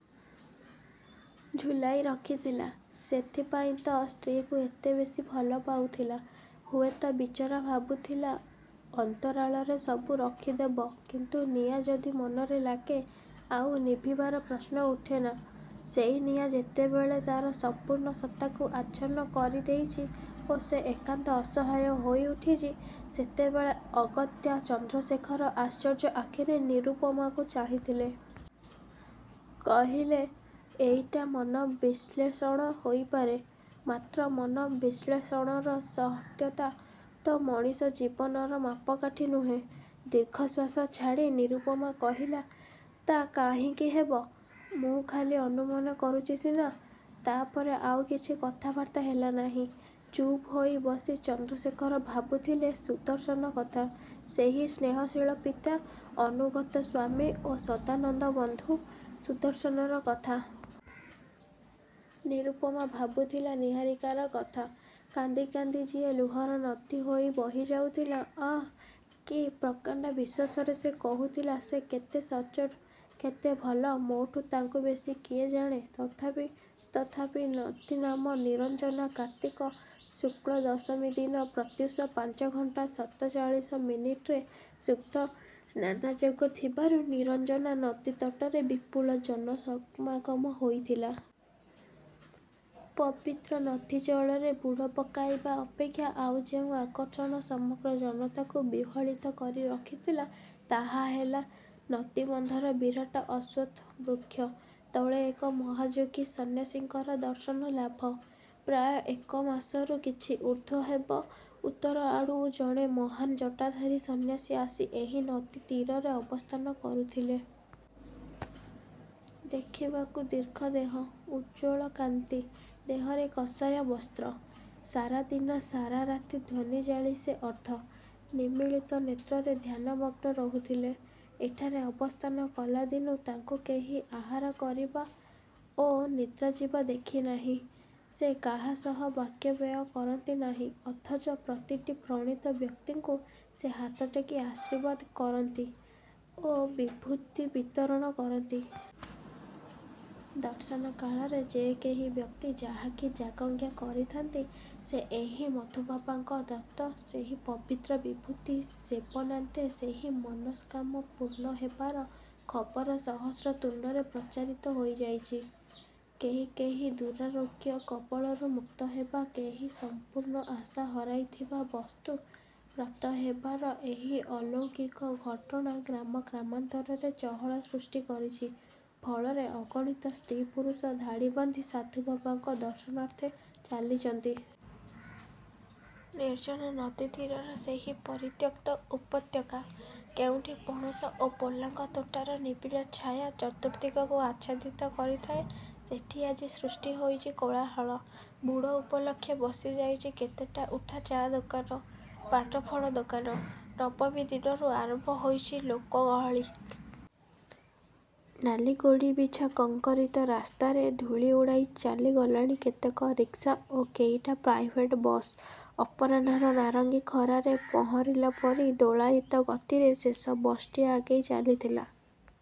ଝୁଲାଇ ରଖିଥିଲା… ସେଇଥିପାଇଁ ତ ସ୍ତ୍ରୀକୁ ଏତେ ବେଶି ଭଲ ପାଉଥିଲା-ହୁଏ ତ ବିଚରା ଭାବୁଥିଲା, ଅନ୍ତରାଳରେ ସବୁ ରଖିଦେବ… କିନ୍ତୁ ନିଆଁ ଯଦି ମନରେ ଲାଗେ… ଆଉ ନିଭିବାର ପ୍ରଶ୍ନ ଉଠେ ନାଁ, ସେଇ ନିଆଁ ଯେତେବେଳେ ତାର ସମ୍ପୂର୍ଣ୍ଣ ସତ୍ତାକୁ ଆଚ୍ଛନ୍ନ କରି ଦେଇଚି ଓ ସେ ଏକାନ୍ତ ଅସହାୟ ହୋଇ ଉଠିଚି… ସେତେବେଳେ ଅଗତ୍ୟା… ଚନ୍ଦ୍ରଶେଖର ଆଶ୍ଚର୍ଯ୍ୟ ଆଖିରେ ନିରୁପମାକୁ ଚାହିଁଥିଲେ। କହିଲେ, ଏଇଟା ମନବିଶ୍ଲେଷଣ ହୋଇପାରେ। ମାତ୍ର ମନବିଶ୍ଳେଷଣର ସତ୍ୟତା ତ ମଣିଷ ଜୀବନର ମାପକାଠି ନୁହେଁ? ଦୀର୍ଘଶ୍ୱାସ ଛାଡ଼ି ନିରୁପମା କହିଲା–ତା କାହିଁକି ହେବ? ମୁଁ ଖାଲି ଅନୁମାନ କରୁଚି ସିନା…! ତା' ପରେ ଆଉ କିଛି କଥାବାର୍ତ୍ତା ହେଲା ନାହିଁ। ଚୁପ୍ ହୋଇ ବସି ଚନ୍ଦ୍ରଶେଖର ଭାବୁଥିଲେ ସୁଦର୍ଶନ କଥା, ସେହି ସ୍ନେହଶୀଳ ପିତା, ଅନୁଗତ ସ୍ୱାମୀ ଓ ସଦାନନ୍ଦବନ୍ଧୁ ସୁଦର୍ଶନର କଥା। ନିରୁପମା ଭାବୁଥିଲା–ନିହାରିକାର କଥା। କାନ୍ଦି କାନ୍ଦି ଯିଏ ଲୁହର ନଦୀ ହୋଇ ବହିଯାଇଥିଲା। ଆଃ! କି ପ୍ରକାଣ୍ଡ ବିଶ୍ୱାସରେ ସେ କହୁଥିଲା-ସେ କେତେ ସଚ୍ଚୋଟ… କେତେ ଭଲ… ମୋଠୁ ତାଙ୍କୁ ବେଶି କିଏ ଜାଣେ ତଥାପି…. ତଥାପି… ନଦୀ ନାମ ନିରଞ୍ଜନା କାର୍ତ୍ତିକ ଶୁକ୍ଳ ଦଶମୀ ଦିନ ପ୍ରତ୍ୟୁଷ ପାଞ୍ଚଘଣ୍ଟା ସତଚାଳିଶ ମିନିଟରେ ଶୁଦ୍ଧ ସ୍ନାନ ଯୋଗ ଥିବାରୁ ନିରଞ୍ଜନା ନଦୀ ତଟରେ ବିପୁଳ ଜନସମାଗମ ହୋଇଥିଲା। ପବିତ୍ର ନଦୀଜଳରେ ବୁଡ଼ ପକାଇବା ଅପେକ୍ଷା ଆଉ ଯେଉଁ ଆକର୍ଷଣ ସମଗ୍ର ଜନତାକୁ ବିହ୍ୱଳିତ କରି ରଖିଥିଲା ତାହା ହେଲା, ନଦୀ ବନ୍ଧର ବିରାଟ ଅଶ୍ୱତ୍ଥ ବୃକ୍ଷ ତଳେ ଏକ ମହାଯୋଗୀ ସନ୍ନ୍ୟାସୀଙ୍କର ଦର୍ଶନ ଲାଭ। ପ୍ରାୟ ଏକ ମାସରୁ କିଛି ଊର୍ଦ୍ଧ୍ଵ ହେବ ଉତ୍ତର ଆଡ଼ୁ ଜଣେ ମହାନ୍ ଜଟାଧାରୀ ସନ୍ନ୍ୟାସୀ ଆସି ଏହି ନଦୀ ତୀରରେ ଅବସ୍ଥାନ କରୁଥିଲେ। ଦେଖିବାକୁ ଦୀର୍ଘ ଦେହ, ଉଜ୍ଜ୍ୱଳ କାନ୍ତି, ଦେହରେ କଷାୟ ବସ୍ତ୍ର। ସାରାଦିନ ସାରା ରାତି ଧ୍ଵନି ଜାଳି ସେ ଅର୍ଦ୍ଧ। ନିମୀଳିତ ନେତ୍ରରେ ଧ୍ୟାନ ମଗ୍ନ ରହୁଥିଲେ। ଏଠାରେ ଅବସ୍ଥାନ କଲାଦିନୁ ତାଙ୍କୁ କେହି ଆହାର କରିବା ଓ ନିଦ୍ରାଯିବା ଦେଖିନାହିଁ। ସେ କାହା ସହ ବାକ୍ୟ ବ୍ୟୟ କରନ୍ତି ନାହିଁ, ଅଥଚ ପ୍ରତିଟି ପ୍ରଣିତ ବ୍ୟକ୍ତିଙ୍କୁ ସେ ହାତଟେକି ଆଶୀର୍ବାଦ କରନ୍ତି ଓ ବିଭୂତି ବିତରଣ କରନ୍ତି। ଦର୍ଶନକାଳରେ ଯେ କେହି ବ୍ୟକ୍ତି ଯାହାକି ଯାଗଜ୍ଞା କରିଥାନ୍ତି, ସେ ଏହି ମଧୁବାବାଙ୍କ ଦତ୍ତ ସେହି ପବିତ୍ର ବିଭୂତି ସେବନାନ୍ତେ ସେହି ମନସ୍କାମ ପୂର୍ଣ୍ଣ ହେବାର ଖବର ସହସ୍ର ତୁଣ୍ଡରେ ପ୍ରଚାରିତ ହୋଇଯାଇଚି। କେହି କେହି ଦୁରାରୋଗ୍ୟ କବଳରୁ ମୁକ୍ତ ହେବା କେହି ସଂପୂର୍ଣ୍ଣ ଆଶା ହରାଇଥିବା ବସ୍ତୁ ପ୍ରାପ୍ତ ହେବାର ଏହି ଅଲୌକିକ ଘଟଣା ଗ୍ରାମ ଗ୍ରାମାନ୍ତରେ ଚହଳ ସୃଷ୍ଟି କରିଛି; ଫଳରେ ଅଗଣିତ ସ୍ତ୍ରୀ ପୁରୁଷ ଧାଡ଼ି ବାନ୍ଧି ସାଧୁବାବାଙ୍କ ଦର୍ଶନାର୍ଥେ ଚାଲିଚନ୍ତି। ନିର୍ଜନ ନଦୀ ତୀରର ସେହି ପରିତ୍ୟକ୍ତ ଉପତ୍ୟକା, କେଉଁଠି ପଣସ ଓ ପୋଲାଙ୍ଗ ତୋଟାର ନିବିଡ଼ ଛାୟା ଚତୁର୍ଦ୍ଦିଗକୁ ଆଚ୍ଛାଦିତ କରିଥାଏ, ସେଠି ଆଜି ସୃଷ୍ଟି ହୋଇଚି କୋଳାହଳ। ବୁଡ଼ ଉପଲକ୍ଷେ ବସି ଯାଇଚି କେତେଟା ଉଠା ଚା' ଦୋକାନ। ପାନ ଫଳ ଦୋକାନ। ନବମୀ ଦିନରୁ ଆରମ୍ଭ ହୋଇଚି ଲୋକ ଗହଳି। ନାଲି ଗୋଡ଼ି ବିଛା କଙ୍କରିତ ରାସ୍ତାରେ ଧୂଳି ଉଡ଼ାଇ ଚାଲିଗଲାଣି କେତେକ ରିକ୍ସା ଓ କେଇଟା ପ୍ରାଇଭେଟ ବସ୍। ଅପରାହ୍ନର ନାରଙ୍ଗୀ ଖରାରେ ପହଁରିଲାପରି, ଦୋଳାୟିତ ଗତିରେ ଶେଷ ବସ୍ଟି ଆଗେଇ ଚାଲିଥିଲା।